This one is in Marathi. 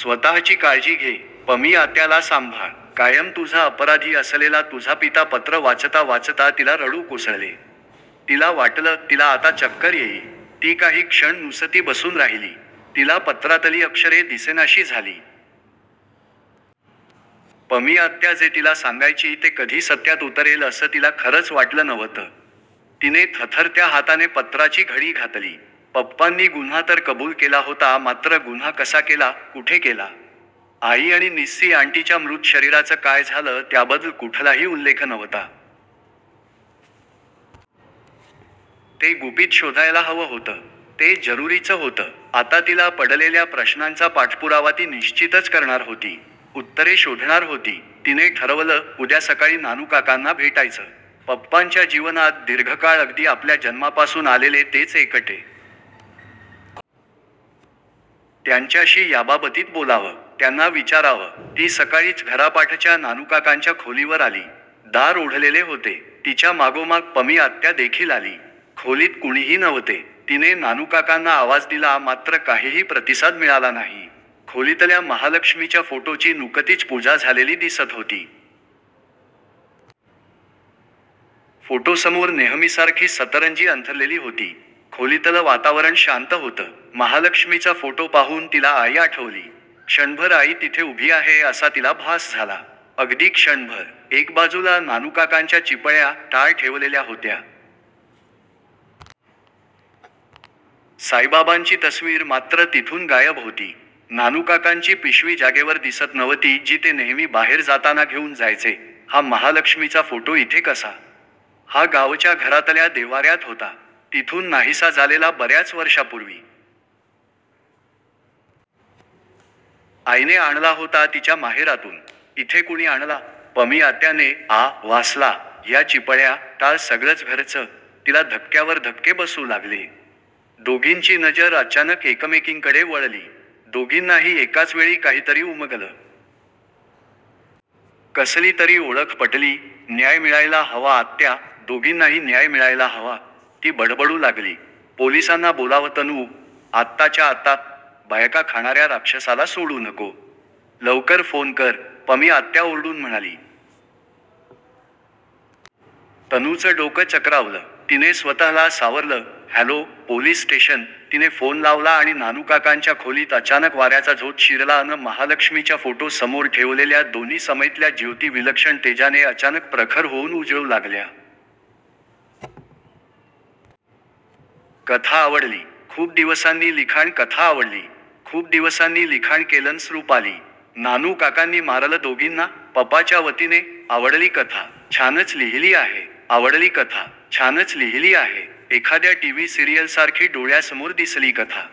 स्वतःची काळजी घे.. पमी आत्याला सांभाळ..!! कायम तुझा अपराधी असलेला तुझा पिता पत्र वाचता वाचता तिला रडू कोसळले. तिला वाटलं, तिला आता चक्कर येईल. ती काही क्षण नुसती बसून राहिली. तिला पत्रातली अक्षरे दिसेनाशी झाली. पमी आत्या जे तिला सांगायची ते कधी सत्यात उतरेल असं तिला खरंच वाटलं नव्हतं. तिने थरथरत्या हाताने पत्राची घडी घातली. पप्पांनी गुन्हा तर कबूल केला होता मात्र गुन्हा कसा केला, कुठे केला.. आई आणि निस्सी आंटीच्या मृत शरीराचं काय झालं त्याबदद्ल कुठलाही उल्लेख नव्हता. ते गुपित शोधायला हवं होतं. ते जरुरीचं होतं. आता तिला पडलेल्या प्रश्नांचा पाठपुरावा ती निश्चितच करणार होती. उत्तरे शोधणार होती. तिने ठरवलं, उद्या सकाळी नानूकाकांना भेटायचं. पप्पांच्या जीवनात दीर्घकाळ अगदी आपल्या जन्मापासून आलेले तेच एकटे.. त्यांच्याशी याबाबतीत बोलावं.. त्यांना विचारावं..! ती सकाळीच घरापाठच्या नानूकाकांच्या खोलीवर आली. दार ओढलेले होते. तिच्या मागोमाग पमी आत्या देखील आली. खोलीत कुणीही नव्हते. तिने नानूकाकांना आवाज दिला मात्र काहीही प्रतिसाद मिळाला नाही. खोलीतल्या महालक्ष्मीच्या फोटोची नुकतीच पूजा झालेली दिसत होती. फोटोसमोर नेहमीसारखी सतरंजी अंथरलेली होती. खोलीतलं वातावरण शांत होतं. महालक्ष्मीचा फोटो पाहून तिला आई आठवली. क्षणभर आई तिथे उभी आहे असा तिला भास झाला. अगदी क्षणभर..! एक बाजूला नानूकाकांच्या चिपळ्या, टाळ ठेवलेल्या होत्या. साईबाबांची तस्वीर मात्र तिथून गायब होती. नानूकाकांची पिशवी जागेवर दिसत नव्हती जी ते नेहमी बाहेर जाताना घेऊन जायचे. " हा महालक्ष्मीचा फोटो इथे कसा..? हा गावच्या घरातल्या देव्हाऱ्यात होता. तिथून नाहिसा झालेला बऱ्याच वर्षापूर्वी.. आईने आणला होता तिच्या माहेरातून. इथे कुणी आणला..? " पमी आत्याने 'आ' वासला. " ह्या चिपळ्या, टाळ सगळंच घरचं..! " तिला धक्क्यावर धक्के बसू लागले. दोघींची नजर अचानक एकमेकींकडे वळली. दोघींनाही एकाच वेळी काहीतरी उमगलं. कसली तरी ओळख पटली. " न्याय मिळायला हवा आत्या, दोघींनाही न्याय मिळायला हवा..! " ती बडबडू लागली. " पोलिसांना बोलावं तनू... आत्ताच्या आत्ता... बायका खाणाऱ्या राक्षसाला सोडू नको.. लवकर फोन कर..! " पमी आत्या ओरडून म्हणाली. तनूचं डोकं चक्रावलं. तिने स्वतःला सावरलं. " हॅलो, पोलिस स्टेशन..! " तिने फोन लावला आणि नानूकाकांच्या खोलीत अचानक वाऱ्याचा झोत शिरला अन् महालक्ष्मीच्या फोटो समोर ठेवलेल्या दोन्ही समईतल्या ज्योती विलक्षण तेजाने अचानक प्रखर होऊन उजळू लागल्या. कथा आवडली. खूप दिवसांनी लिखाण कथा आवडली. खूप दिवसांनी लिखाण केलंस रुपाली. नानू काकांनी मारलं दोघींना? पपा च्या वतीने? आवडली कथा. छानच लिहिली आहे. आवडली कथा. छानच लिहिली आहे. एखाद्या टीव्ही सिरीयलसारखी डोळ्यासमोर दिसली कथा.